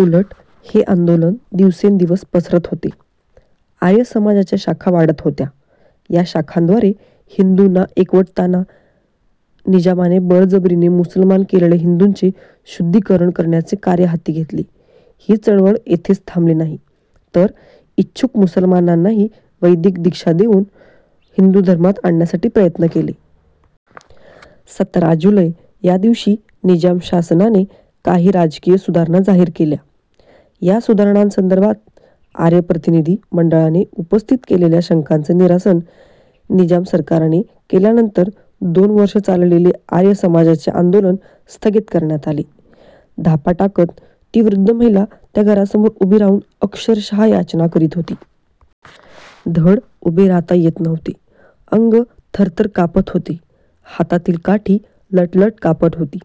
उलट हे आंदोलन दिवसेंदिवस पसरत होते. आर्य समाजाच्या शाखा वाढत होत्या. या शाखांद्वारे हिंदूंना एकवटताना निजामाने बळजबरीने मुसलमान केलेल्या हिंदूंचे शुद्धीकरण करण्याचे कार्य हाती घेतले. ही चळवळ येथेच थांबली नाही, तर इच्छुक मुसलमानांनाही वैदिक दीक्षा देऊन हिंदू धर्मात आणण्यासाठी प्रयत्न केले. सतरा जुलै यादिवशी निजाम शासनाने काही राजकीय सुधारणा जाहीर केल्या. या सुधारणासंदर्भात आर्य प्रतिनिधी मंडळाने उपस्थित केलेल्या शंकांचे निरसन निजाम सरकारने केल्यानंतर दोन वर्षे चाललेले आर्य समाजाचे आंदोलन स्थगित करण्यात आले. धापा टाकत ती वृद्ध महिला त्या घरासमोर उभी राहून अक्षरशः याचना करीत होती. धड उभे राहता येत नव्हते. अंग थरथर कापत होते. हातातील काठी लटलट कापत होती.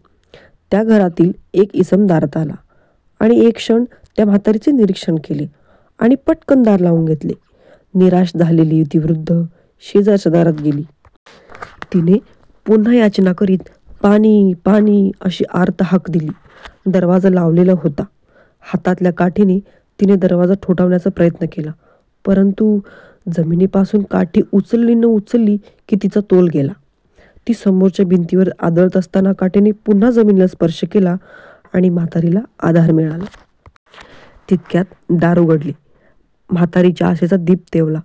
त्या घरातील एक इसम दारात आला. एक क्षण त्या म्हातारीचे निरीक्षण केले आणि पटकन दार लावून घेतले. निराश झालेली ती वृद्धा शेजारच्या दारात गेली. तिने पुन्हा याचना करीत पाणी पाणी, अशी आर्त हाक दिली. दरवाजा लावलेला होता. हातातल्या काठीने तिने दरवाजा ठोठावण्याचा प्रयत्न केला, परंतु जमिनीपासून काठी उचलली न उचलली की तिचा तोल गेला. ती समोरच्या भिंतीवर आदळत असताना काठीने पुन्हा जमिनीला स्पर्श केला आणि म्हातारीला आधार मिळाला. तितक्यात दार उघडले. म्हातारीच्या आशेचा दीप तेवला.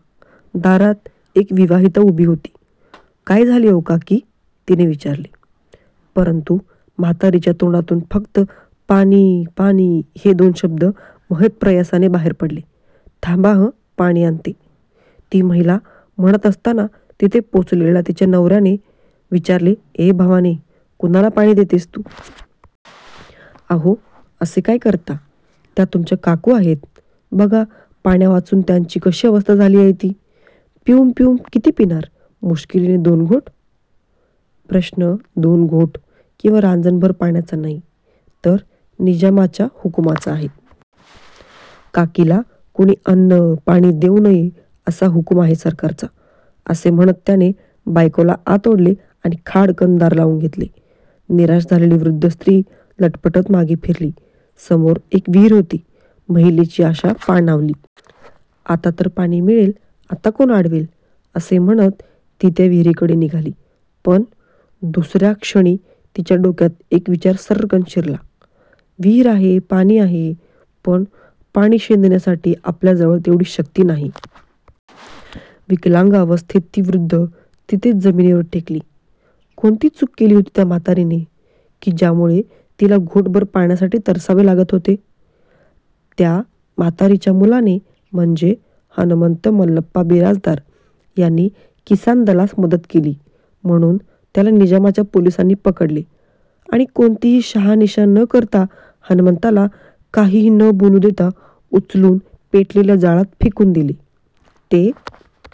दारात एक विवाहिता उभी होती. काय झाले हो काकी? तिने विचारले, परंतु म्हातारीच्या तोंडातून फक्त पाणी पाणी हे दोन शब्द महत्प्रयासाने बाहेर पडले. थांबा हं. आणते पाणी, ती महिला म्हणत असताना तिथे पोहोचलेल्या तिच्या नवऱ्याने विचारले, ए भवाने, कुणाला पाणी देतेस तू? अहो, असे काय करता? त्या तुमच्या काकू आहेत. बघा पाण्यावाचून त्यांची कशी अवस्था झाली आहे ती. पिऊन पिऊन किती पिणार? मुश्किलीने दोन घोट. प्रश्न दोन घोट किंवा रांजणभर पाण्याचा नाही, तर निजामाच्या हुकुमाचा आहे. काकीला कुणी अन्न, पाणी देऊ नये असा हुकूम आहे सरकारचा, असे म्हणत त्याने बायकोला आत ओढले आणि खाडकन दार लावून घेतले. निराश झालेली वृद्ध स्त्री लटपटत मागे फिरली. समोर एक विहीर होती. महिलेची आशा पाणवली. आता तर पाणी मिळेल. आता कोण अडवेल? असे म्हणत ती त्या विहिरीकडे निघाली, पण दुसऱ्या क्षणी तिच्या डोक्यात एक विचार सर्रकन शिरला, विहीर आहे. पाणी आहे, पण पाणी शेंदण्यासाठी आपल्याजवळ तेवढी शक्ती नाही. विकलांग अवस्थेत ती वृद्धा तिथेच जमिनीवर टेकली. कोणती चूक केली होती त्या म्हातारीने की, ज्यामुळे तिला घोटभर पाण्यासाठी तरसावे लागत होते? त्या म्हातारीच्या मुलाने म्हणजे हणमंत मल्लप्पा बिराजदार यांनी किसानदलास मदत केली म्हणून त्याला निजामाच्या पोलिसांनी पकडले आणि कोणतीही शहानिशा न करता, हणमंताला काहीही न बोलू देता उचलून पेटलेल्या जाळात फेकले. ते